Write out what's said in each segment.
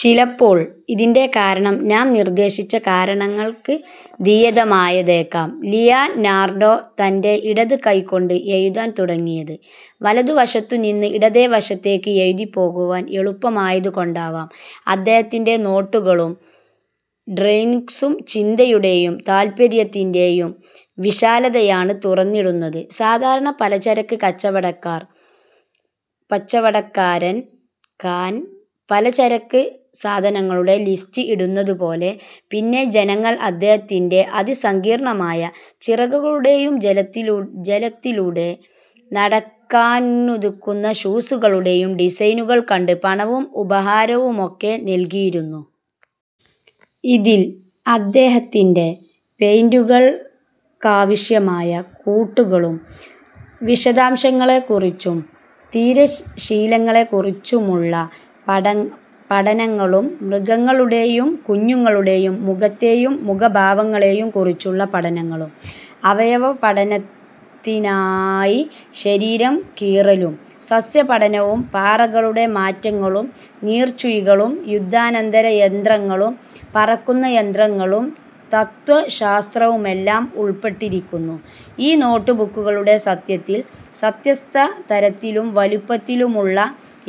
ചിലപ്പോൾ ഇതിന്റെ കാരണം നാം നിർദ്ദേശിച്ച കാരങ്ങൾക്കതീതമായേക്കാം. ലിയനാർഡോ തന്റെ ഇടത് കൈ കൊണ്ട് എഴുതാൻ തുടങ്ങിയത്, വലതുവശത്തു നിന്ന് ഇടത്തേ വശത്തേക്ക് എഴുതി പോകുവാൻ എളുപ്പമായതുകൊണ്ടാവാം. അദ്ദേഹത്തിന്റെ നോട്ടുകളും, ഡ്രോയിങ്ങ്സും ചിന്തയുടേയും, താത്പര്യത്തിന്റേയും വിശാലതയാണ് തുറന്നിടുന്നത്, സാധാരണ പലചരക്ക്കച്ചവടക്കാൻ പലചരക്ക് സാധനങ്ങളുടെ ലിസ്റ്റ് ഇടുന്നതുപോലെ. പിന്നെ ജനങ്ങൾ, അദ്ദേഹത്തിന്റെ അതിസങ്കീർണമായ ചിറകുകളുടേയും, ജലത്തിലൂടെ നടക്കാനുതകുന്ന ഷൂസുകളുടേയും ഡിസൈനുകൾ കണ്ട് പണവും ഉപഹാരവുമൊക്കെ നൽകിയിരുന്നു. ഇതിൽ അദ്ദേഹത്തിന്റെ പെയിന്റിങ്ങുകൾക്കാവശ്യമായ കൂട്ടുകളും, വിശദാംശങ്ങളെകുറിച്ചും, തിരശ്ശീലയെകുറിച്ചുമുള്ള പഠനങ്ങളും, മൃഗങ്ങളുടേയും, കുഞ്ഞുങ്ങളുടേയും, മുഖത്തേയും, മുഖഭാവങ്ങളേയും കുറിച്ചുള്ള പഠനങ്ങളും, അവയവപഠനത്തിനായി ശരീരം കീറലും, സസ്യപഠനവും, പാറകളുടെ മാറ്റങ്ങളും, നീർച്ചുഴികളും, യുദ്ധാനന്തര യന്ത്രങ്ങളും, പറക്കുന്ന യന്ത്രങ്ങളും, തത്വശാസ്ത്രവുമെല്ലാം ഉൾപപെ്ട്ടിരിക്കുന്നു. ഈ നോട്ടുബുക്കുകളുടെ, — സത്യത്തിൽ, വ്യത്യസ്തതരത്തിലും, വലിപ്പത്തിലുമുള്ള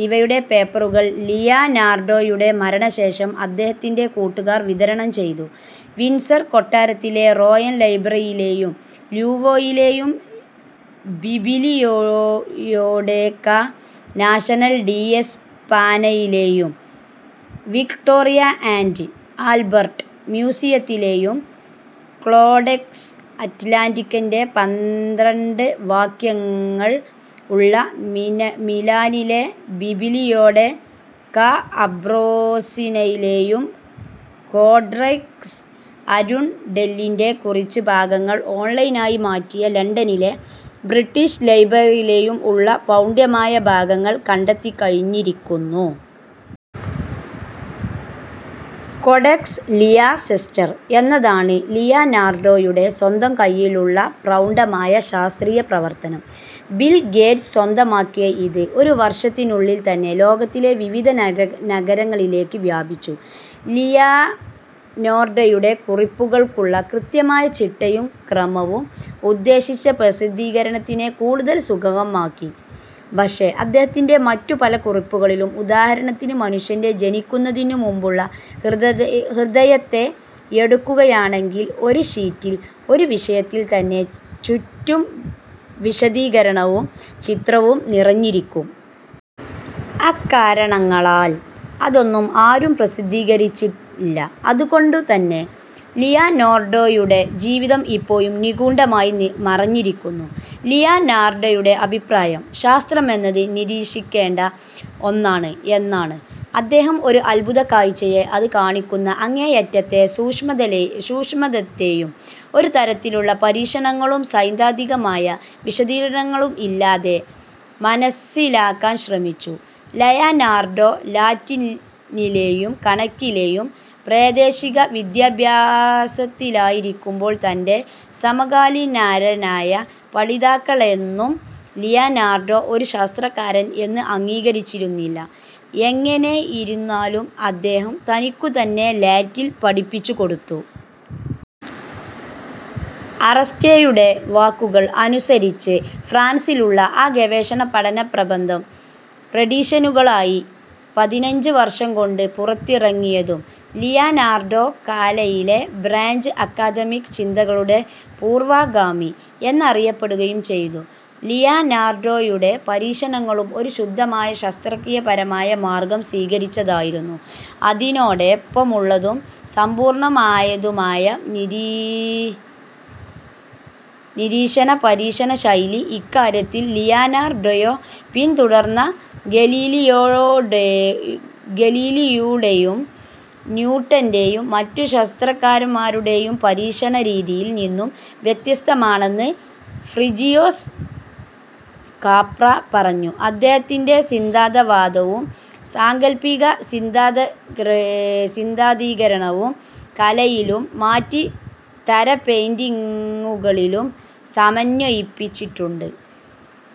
ഇവയുടെ പേപ്പറുകൾ, ലിയനാർഡോയുടെ മരണശേഷം അദ്ദേഹത്തിന്റെ കൂട്ടുകാർ വിതരണം ചെയ്തു — വിന്റസർ കൊട്ടാരത്തിലെ റോയൽ ലൈബ്രറിയിലേയും, ലൂവ്രേയിലേയും,'ബിബിലിയോടെകാ നാഷ്ണൽ ഡി എസ്പാന'യിലേയും, വിക്ടോറിയ ആന്റ് ആൽബർട്ട് മ്യൂസിയത്തിലേയും, കോഡെക്സ് അറ്റലാന്റിക്കസിന്റെ പന്ത്രണ്ട വാള്യങ്ങൾ ഉള്ള മിലാനിലെ ബിബിലിയോടെകാ ആമ്പ്രോസിനയിലേയും, കോഡെക്സ് അരുൻഡെല്ലിന്റെ കുറച്ച് ഭാഗങ്ങൾ ഓൺലൈനായി മാറ്റിയ ലണ്ടണിലെ ബ്രിട്ടീഷ് ലൈബ്രറിയിലേയും ഉള്ള പ്രൗഢമായ ഭാഗങ്ങൾ കണ്ടെത്തികഴിഞ്ഞിരിക്കുന്നു. കോഡെക്സ് ലീയസെസ്റ്റർ എന്നതാണ് ലിയനാർഡോയുടെ സ്വന്തം കൈയ്യിലുള്ള പ്രൗഡമായ, ശാസ്ത്രീയ പ്രവർത്തനം. ബിൽ ഗേറ്റ്സ് സ്വന്തമാക്കിയ ഇത്, ഒരു വർഷത്തിനുള്ളിൽതന്നെ ലോകത്തിന്റെ വിവിധ നഗരങ്ങളിലേക്ക് വ്യാപിച്ചു. ലിയനാർഡോയുടെ കുറിപ്പുകൾക്കുള്ള കൃത്യമായ ചിട്ടയും, ക്രമവും ഉദ്ദേശിച്ച പ്രസിദ്ധീകരണത്തിനെ കൂടുതൽ സുഗമമാക്കി. പക്ഷെ, അദ്ദേഹത്തിന്റെ മറ്റു പല കുറിപ്പുകളിലും, ഉദാഹരണത്തിന് മനുഷ്യന്റെ ജനിക്കുന്നതിനുമുമ്പുള്ള ഹൃദയത്തെ എടുക്കുകയാണെങ്കിൽ, ഒരു ഷീറ്റിൽ, ഒരു വിഷയത്തിൽ തന്നെ, ചുറ്റും വിശദീകരണവും, ചിത്രവും നിറഞ്ഞിരിക്കും. അക്കാരണങ്ങളാൽ അതൊന്നും, ആരും പ്രസിദ്ധീകരിച്ചില്ല, അതുകൊണ്ടുതന്നെ ലിയനാർഡോയുടെ ജീവിതം ഇപ്പോഴും നിഘൂഡമായി മറഞ്ഞിരിക്കുന്നു. ലിയനാർഡോയുടെ അഭിപ്രായം, ശാസ്ത്രമെന്നത് നിരീക്ഷിക്കേണ്ട ഒന്നാണ് എന്നാണ്:അദ്ദേഹം ഒരു അത്ഭുതകാഴ്ചയെ അത് കാണിക്കുന്ന അങ്ങേയറ്റത്തെ സൂ്ഷ്മതലത്തേയും ഒരുതരത്തിലുള്ള പരീക്ഷണങ്ങളും, സൈദ്ധാന്തികമായ വിശദീകരണങ്ങളും ഇല്ലാതെ മനസ്സിലാക്കാൻ ശ്രമിച്ചു. ലിയനാർഡോ ലാറ്റിനിലേയും കണക്കിലേയും പ്രാദേശിക വിദ്യഭ്യാസത്തിലായിരിക്കുമ്പോൾ തന്റെ സമകാലീനാരായാ പഠിതാക്കളൊന്നും ലിയനാർഡോ ഒരു ശാസ്ത്രകാരൻ എന്ന് അംഗീകരിച്ചിരുന്നില്ല, എങ്ങനെയിരുന്നാലും അദ്ദേഹം തനിക്കു തന്നെ ലാറ്റിൽ പഠിപ്പിച്ചുകൊടുത്തു. അറാസ്സെയുടെ വാക്കുകൾ അനുസരിച്ച്, ഫ്രാൻസിലുള്ള ആ ഗവേഷണപഠനപ്രബന്ധം എഡീഷനുകളായി, പതിനഞ്ച് വർഷം കൊണ്ട് പുറത്തിറങ്ങുകയും, ലിയനാർഡോ, "കലയിലെ ഫ്രെഞ്ച് ആക്കാദമിക്ക് ചിന്തകളുടെ പൂർവ്വഗാമി" എന്നറിയപ്പെടുകയും ചെയ്തു. ലിയനാർഡോയുടെ, പരീക്ഷണങ്ങളും, ഒരു ശുദ്ധമായ ശാസ്ത്രീയപരമായ മാർഗ്ഗം സ്വീകരിച്ചതായിരുന്നു, അതിനോടൊപ്പമുള്ളതും, സമ്പൂർണമായതുമായ നിരീക്ഷണങ്ങളുടെ ഫലമായി ലിയനാർഡോ ഒരു ശാസ്ത്രകരാനെന്ന് നിലയ്ക്ക്, അദ്ദേഹത്തിന്റെ നിരീക്ഷണ പരീക്ഷണ ശൈലി, ഇക്കാര്യത്തിൽ ലിയനാർഡോയെ പിൻതുടർന്ന ഗലീലിയോയുടേയും, ന്യൂട്ടന്റേയും മറ്റു ശാസ്ത്രകാരന്മാരുടേയും, പരീക്ഷണരീതിയിൽ നിന്നും വ്യത്യസ്തമാണെന്ന് ഫ്രിജിയോഫ് കാപ്ര പറഞ്ഞു, അദ്ദേഹത്തിന്റെ സിദ്ധാന്തവാദവും, സാങ്കൽപികസിദ്ധാന്തീകരണവും കലയിലും, മറ്റിതര പെയിന്റിങ്ങുകളിലും സമന്വയിപ്പിച്ചിട്ടുണ്ട്.